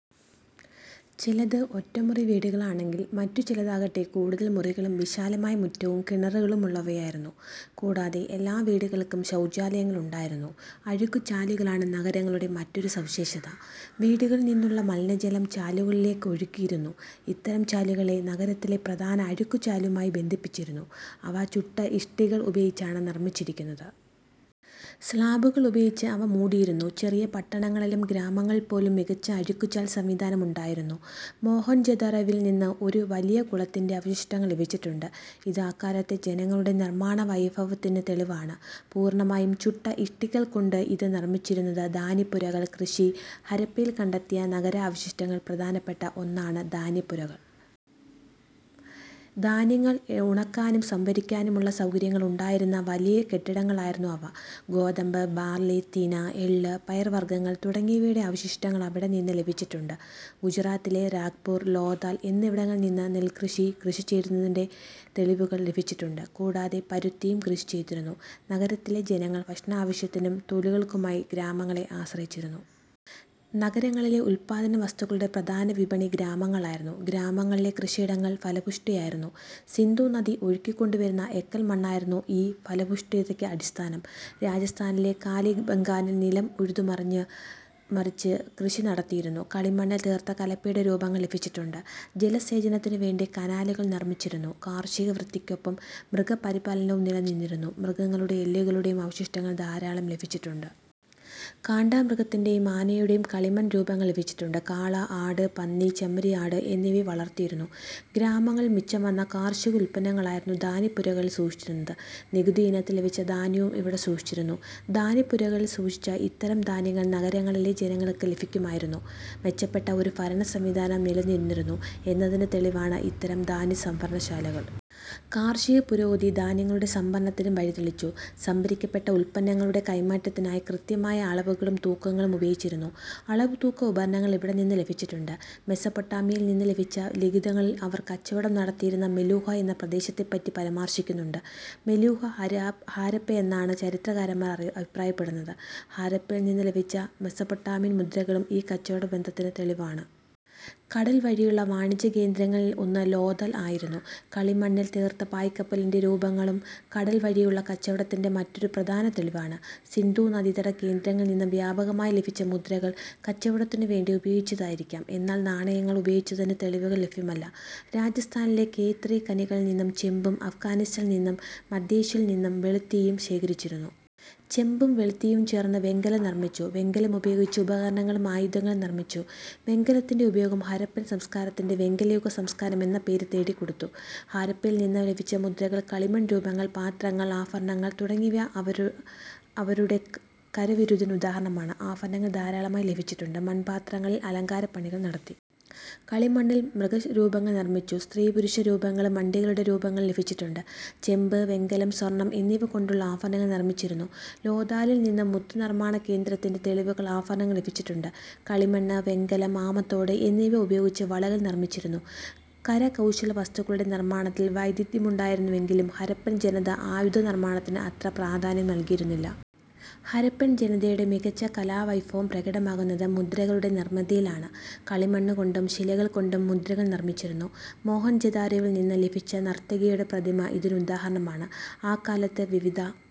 ചിലത് ഒറ്റമുറി വീടുകളാണെങ്കിൽ മറ്റു ചിലതാകട്ടെ കൂടുതൽ മുറികളും വിശാലമായ മുറ്റവും കിണറുകളുമുള്ളവയായിരുന്നു. കൂടാതെ എല്ലാ വീടുകൾക്കും ശൗചാലയങ്ങളുമുണ്ടായിരുന്നു. അഴുക്കുചാലുകളാണ് നഗരങ്ങളുടെ മറ്റൊരു സവിശേഷത. വീടുകളിൽ നിന്നുള്ള മലിനജലം ചാലുകളിലേക്ക് ഒഴുക്കിയിരുന്നു. ഇത്തരം ചാലുകളെ നഗരത്തിലെ പ്രധാന അഴുക്കുചാലുമായി ബന്ധിപ്പിച്ചിരുന്നു. അവ ചുട്ട ഇഷ്ടികകൾ ഉപയോഗിച്ചാണ് നിർമ്മിച്ചിരുന്നത്. സ്ലാബുകൾ ഉപയോഗിച്ച് അവ മൂടിയിരുന്നു. ചെറിയ പട്ടണങ്ങളിലും ഗ്രാമങ്ങളിൽപ്പോലും മികച്ച അഴുക്കുചാൽ സംവിധാനം ഉണ്ടായിരുന്നു. മോഹൻജൊദാരോവിൽനിന്ന് ഒരു വലിയ കുളത്തിന്റെ അവശിഷ്ടങ്ങൾ ലഭിച്ചിട്ടുണ്ട്. ഇത് അക്കാലത്തെ ജനങ്ങളുടെ നിർമാണ വൈഭവത്തിന് തെളിവാണ്. പൂർണ്ണമായും ചുട്ട ഇഷ്ടികകൾകൊണ്ടാണ് ഇത് നിർമിച്ചിരുന്നത്. ധാന്യപ്പുരകൾ, കൃഷി ഹരപ്പയിൽ കണ്ടെത്തിയ നഗരാവശിഷ്ടങ്ങളിൽ പ്രധാനപ്പെട്ട ഒന്നാണ് ധാന്യപ്പുരകൾ. ധാന്യങ്ങൾ ഉണക്കാനും സംഭരിക്കാനുമുള്ള സൗകര്യങ്ങൾ ഉണ്ടായിരുന്ന വലിയ കെട്ടിടങ്ങളായിരുന്നു അവ. ഗോതമ്പ്, ബാർലി, തിന, എള്ള്, പയർവർഗങ്ങൾ തുടങ്ങിയവയുടെ അവശിഷ്ടങ്ങൾ അവിടെ നിന്ന് ലഭിച്ചിട്ടുണ്ട്. ഗുജറാത്തിലെ റംഗ്പൂർ, ലോഥാൽ എന്നിവിടങ്ങളിൽനിന്ന് നെല്ല് കൃഷി ചെയ്തിരുന്നതിന്റെ തെളിവുകൾ ലഭിച്ചിട്ടുണ്ട്. കൂടാതെ പരുത്തിയും കൃഷി ചെയ്തിരുന്നു. നഗരത്തിലെ ജനങ്ങൾ ഭക്ഷണാവശ്യത്തിനും തൊഴിലുകൾക്കുമായി ഗ്രാമങ്ങളെ ആശ്രയിച്ചിരുന്നു. നഗരങ്ങളിലെ ഉല്പാദനവസ്തുക്കളുടെ പ്രധാന വിപണി ഗ്രാമങ്ങളായിരുന്നു. ഗ്രാമങ്ങളിലെ കൃഷിയിടങ്ങൾ ഫലഭൂയിഷ്ഠമായിരുന്നു. സിന്ധൂനദി ഒഴുക്കിക്കൊണ്ടുവരുന്ന എക്കൽമണ്ണായിരുന്നു ഈ ഫലഭൂയിഷ്ഠതയ്ക്ക് അടിസ്ഥാനം. രാജസ്ഥാനിലെ കാലിബംഗാനിൽ നിലം ഉഴുതുമറിച്ച് കൃഷി നടത്തിയിരുന്നു. കളിമണ്ണിൽ തീർത്ത കലപ്പയുടെ രൂപങ്ങൾ ലഭിച്ചിട്ടുണ്ട്. ജലസേചനത്തിനുവേണ്ടി കനാലുകൾ നിർമിച്ചിരുന്നു. കാർഷികവൃത്തിക്കൊപ്പം മൃഗപരിപാലനവും നിലനിന്നിരുന്നു. മൃഗങ്ങളുടെ എല്ലുകളുടെ അവശിഷ്ടങ്ങൾ ധാരാളം ലഭിച്ചിട്ടുണ്ട്. കാണ്ടാ മൃഗത്തിന്റെയും ആനയുടെയും കളിമൺ രൂപങ്ങൾ ലഭിച്ചിട്ടുണ്ട്. കാള, ആട്, പന്നി, ചെമ്മരിയാട് എന്നിവയെ വളർത്തിയിരുന്നു. ഗ്രാമങ്ങളിൽ മിച്ചം വന്ന കാർഷികോത്പന്നങ്ങളായിരുന്നു ധാന്യപ്പുരകളിൽ സൂക്ഷിച്ചത്. നികുതിയിനത്തിൽ ലഭിച്ച ധാന്യവും ഇവിടെ സൂക്ഷിച്ചിരുന്നു. ധാന്യപ്പുരകളിൽ സൂക്ഷിച്ച ഇത്തരം ധാന്യങ്ങൾ നഗരങ്ങളിലെ ജനങ്ങൾക്ക് ലഭ്യമാക്കിയിരുന്നു. മെച്ചപ്പെട്ട ഒരു ഭരണസംവിധാനം നിലനിന്നിരുന്നു എന്നതിന് തെളിവാണ് ഇത്തരം ധാന്യസംഭരണശാലകൾ. കാർഷിക പുരോഗതി മിച്ചോത്പാദനത്തിനും ധാന്യങ്ങളുടെ സംഭരണത്തിനും വഴിതെളിച്ചു. സംഭരിക്കപ്പെട്ട ഉത്പന്നങ്ങളുടെ കൈമാറ്റത്തിനായി കൃത്യമായ അളവുകളും തൂക്കങ്ങളും ഉപയോഗിച്ചിരുന്നു. അളവുതൂക്ക ഉപകരണങ്ങൾ ഇവിടെനിന്ന് ലഭിച്ചിട്ടുണ്ട്. മെസൊപ്പൊട്ടാമിയയിൽനിന്ന് ലഭിച്ച ലിഖിതങ്ങളിൽ അവർ കച്ചവടം നടത്തിയിരുന്ന മെലൂഹ എന്ന പ്രദേശത്തെപ്പറ്റി പരാമർശിക്കുന്നുണ്ട്. മെലൂഹ ഹരപ്പയാണെന്നാണ് ചരിത്രകാരന്മാർ അഭിപ്രായപ്പെടുന്നത്. ഹരപ്പയിൽനിന്ന് ലഭിച്ച മെസൊപ്പൊട്ടാമിയൻ മുദ്രകളും ഈ കച്ചവട ബന്ധത്തിന് തെളിവാണ്. കടൽ വഴിയുള്ള വാണിജ്യകേന്ദ്രങ്ങളിൽ ഒന്ന് ലോഥാൽ ആയിരുന്നു. കളിമണ്ണിൽ തീർത്ത പായ്ക്കപ്പലിന്റെ രൂപങ്ങളും കടൽ വഴിയുള്ള കച്ചവടത്തിന്റെ മറ്റൊരു പ്രധാന തെളിവാണ്. സിന്ധൂനദീതട കേന്ദ്രങ്ങളിൽനിന്ന് വ്യാപകമായി ലഭിച്ച മുദ്രകൾ കച്ചവടത്തിനുവേണ്ടി ഉപയോഗിച്ചതായിരിക്കാം. എന്നാൽ നാണയങ്ങൾ ഉപയോഗിച്ചതിന് തെളിവുകൾ ലഭ്യമല്ല. രാജസ്ഥാനിലെ ഖേത്രി ഖനികളിൽനിന്ന് ചെമ്പും അഫ്ഘാനിസ്ഥാനിൽ നിന്നും മധ്യേഷ്യയിൽ നിന്നും വെളുത്തീയവും ശേഖരിച്ചിരുന്നു. ചെമ്പും വെളുത്തീയവും ചേർത്ത് വെങ്കലം നിർമിച്ചു. വെങ്കലമുപയോഗിച്ച് ഉപകരണങ്ങളും ആയുധങ്ങളും നിർമിച്ചു. വെങ്കലത്തിന്റെ ഉപയോഗം ഹരപ്പൻ സംസ്കാരത്തിന് വെങ്കലയുഗ സംസ്കാരം എന്ന പേര് നേടിക്കൊടുത്തു. ഹരപ്പയിൽനിന്ന് ലഭിച്ച മുദ്രകൾ, കളിമൺരൂപങ്ങൾ, പാത്രങ്ങൾ, ആഭരണങ്ങൾ തുടങ്ങിയവ അവരുടെ കരവിരുതിന് ഉദാഹരണമാണ്. ആഭരങ്ങൾ ധാരാളമായി ലഭിച്ചിട്ടുണ്ട്. മൺപാത്രങ്ങളിൽ അലങ്കാരപണികൾ നടത്തി. കളിമണ്ണിൽ മൃഗരൂപങ്ങൾ നിർമ്മിച്ചു. സ്ത്രീ-പുരുഷ രൂപങ്ങളും വണ്ടികളുടെ രൂപങ്ങളും ലഭിച്ചിട്ടുണ്ട്. ചെമ്പ്, വെങ്കലം, സ്വർണം എന്നിവ കൊണ്ടുള്ള ആഭരണങ്ങൾ നിർമിച്ചിരുന്നു. ലോഥാലിൽ നിന്ന് മുത്ത് നിർമാണ കേന്ദ്രത്തിന്റെ തെളിവുകൾ ആഭരണങ്ങൾ ലഭിച്ചിട്ടുണ്ട്. കളിമണ്ണ്, വെങ്കലം, ആമത്തോട് എന്നിവ ഉപയോഗിച്ച് വളകൾ നിർമിച്ചിരുന്നു. കരകൗശലവസ്തുക്കളുടെ നിർമാണത്തിൽ വൈദഗ്ധ്യമുണ്ടായിരുന്നെങ്കിലും ഹരപ്പൻ ജനത ആയുധ നിർമാണത്തിന് അത്ര പ്രാധാന്യം നൽകിയിരുന്നില്ല. ഹരപ്പൻ ജനതയുടെ മികച്ച കലാവൈഭവം പ്രകടമാകുന്നത് മുദ്രകളുടെ നിർമിതിയിലാണ്. കളിമണ്ണുകൊണ്ടും ശിലകൾകൊണ്ടും മുദ്രകൾ നിർമിച്ചിരുന്നു. മോഹൻജൊദാരൊവിൽനിന്ന് ലഭിച്ച നർത്തകിയുടെ പ്രതിമ ഇതിനുദാഹരണമാണ്. അക്കാലത്ത് വിവിധ